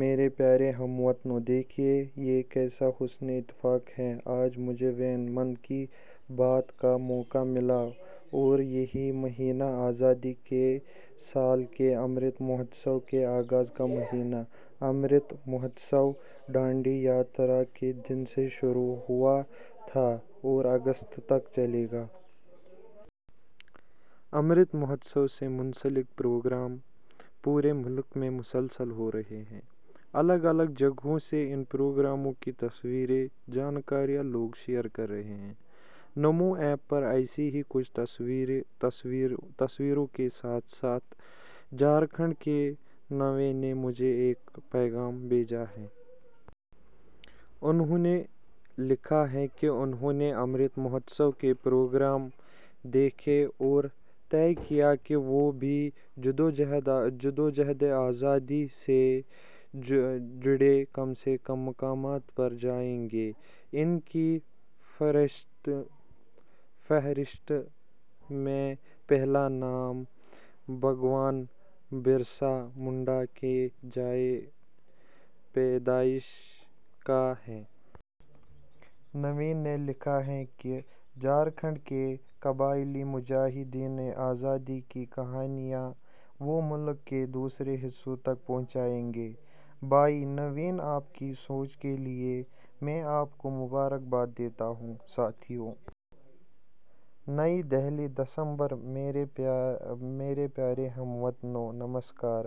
میرے پیارے ہم وطنو، دیکھیے یہ کیسا حسن اتفاق ہے آج مجھے ویں 'من کی بات' کا موقع ملا اور یہی مہینہ آزادی کے سال کے 'امرت مہوتسو'کے آغاز کا مہینہ۔ امرت مہوتسو ڈانڈی یاترا کے دن سے شروع ہوا تھا اور اگست تک چلےگا۔ 'امرت مہوتسو' سے منسلک پروگرام پورے ملک میں مسلسل ہو رہے ہیں، الگ الگ جگہوں سے ان پروگراموں کی تصویریں، جانکاریاں لوگ شیئر کر رہے ہیں۔ نمو ایپ پر ایسی ہی کچھ تصویروں کے ساتھ ساتھ جھارکھنڈ کے نوین نے مجھے ایک پیغام بھیجا ہے۔ انہوں نے لکھا ہے کہ انہوں نے 'امرت مہوتسو' کے پروگرام دیکھے اور طے کیا کہ وہ بھی جد وجہد آزادی سے جڑے کم سے کم مقامات پر جائیں گے۔ ان کی فہرست میں پہلا نام، بھگوان برسا منڈا کے جائے پیدائش کا ہے۔ نوین نے لکھا ہے کہ جھارکھنڈ کے قبائلی مجاہدین آزادی کی کہانیاں وہ ملک کے دوسرے حصوں تک پہنچائیں گے۔ بھائی نوین، آپکی سوچ کے لیے میں آپ کو مبارکباد دیتا ہوں۔ ساتھیو،. نئی دہلی۔ دسمبر میرے پیارے ہم وطنو، نمسکار۔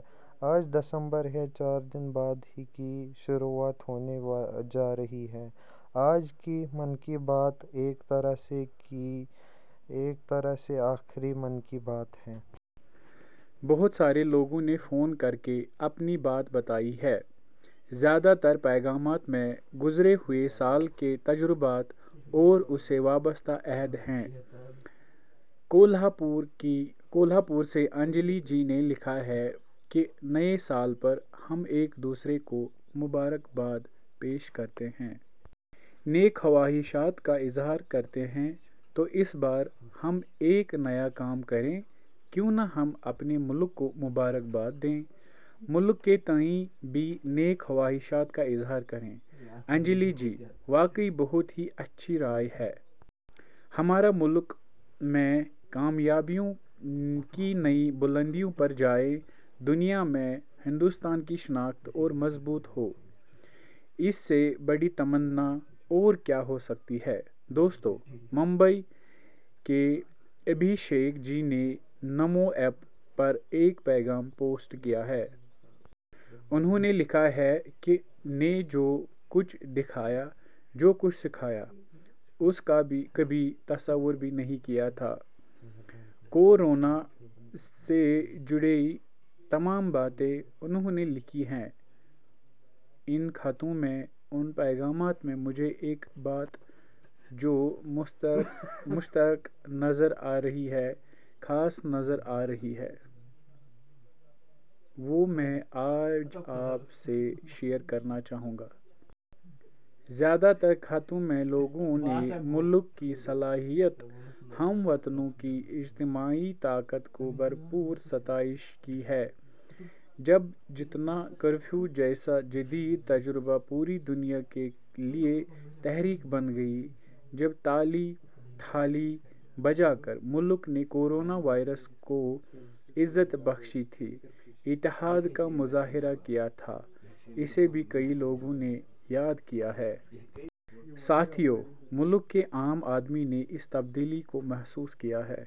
آج دسمبر ہے۔ چار دن بعد ہی کی شروعات ہونے جا رہی ہے۔ آج کی 'من کی بات' ایک طرح سے کی آخری 'من کی بات' ہے۔ بہت سارے لوگوں نے فون کرکے اپنی بات بتائی ہے۔ زیادہ تر پیغامات میں، گذرے ہوئے سال کے تجربات ، اور، سے وابستہ عہد ہیں۔ کولہاپور سے انجلی جی نے لکھا ہے کہ نئے سال پر، ہم، ایک دوسرے کو مبارکباد پیش کرتے ہیں۔ نیک خواہشات کا اظہار کرتے ہیں تو اس بار ہم ایک نیا کام کریں۔ کیوں نہ ہم، اپنے ملک کو مبارکباد دیں، ملک کے تئیں بھی نیک خواہشات کا اظہار کریں۔ انجلی جی، واقعی، بہت ہی اچھی رائے ہے۔ ہمارا ملک میں کامیابیوں کی نئی بلندیوں پر جائے ، دنیا میں ہندوستان کی شناخت اورمضبوط ہو، اس سے بڑی تمنا اور کیا ہوسکتی ہے۔ دوستو ، ممبئی کے ابھیشیک جی نے نمو ایپ پر ایک پیغام پوسٹ کیا ہے۔ انہوں نے لکھا ہے کہ نے جو کچھ دکھایا ، جوکچھ سکھایا ، اس کا کبھی تصور بھی نہیں کیا تھا۔ کو رونا سے جڑی تمام باتیں انہوں نے لکھی ہیں۔ ان خطوں میں، ان پیغامات میں، مجھے، ایک بات جومشترک نظر آ رہی ہے، خاص نظر آ رہی ہے، وہ میں آج آپ سے شیئر کرنا چاہوں گا۔ زیادہ تر خطوں میں لوگوں نے ملک کی صلاحیت ، ہم وطنوں کی اجتماعی طاقت کی بھرپور ستائش کی ہے۔ جب جنتا کرفیو جیسا جدید تجربہ پوری دنیا کے لیے تحریک بن گئی ، جب، تالی تھالی بجاکر ملک نے کورونا واریرس کو عزت بخشی تھی، اتحاد کا مظاہرہ کیا تھا، اسے بھی کئی لوگوں نے یاد کیا ہے ۔ ساتھیو، ملک کے عام آدمی نے اس تبدیلی کو محسوس کیا ہے۔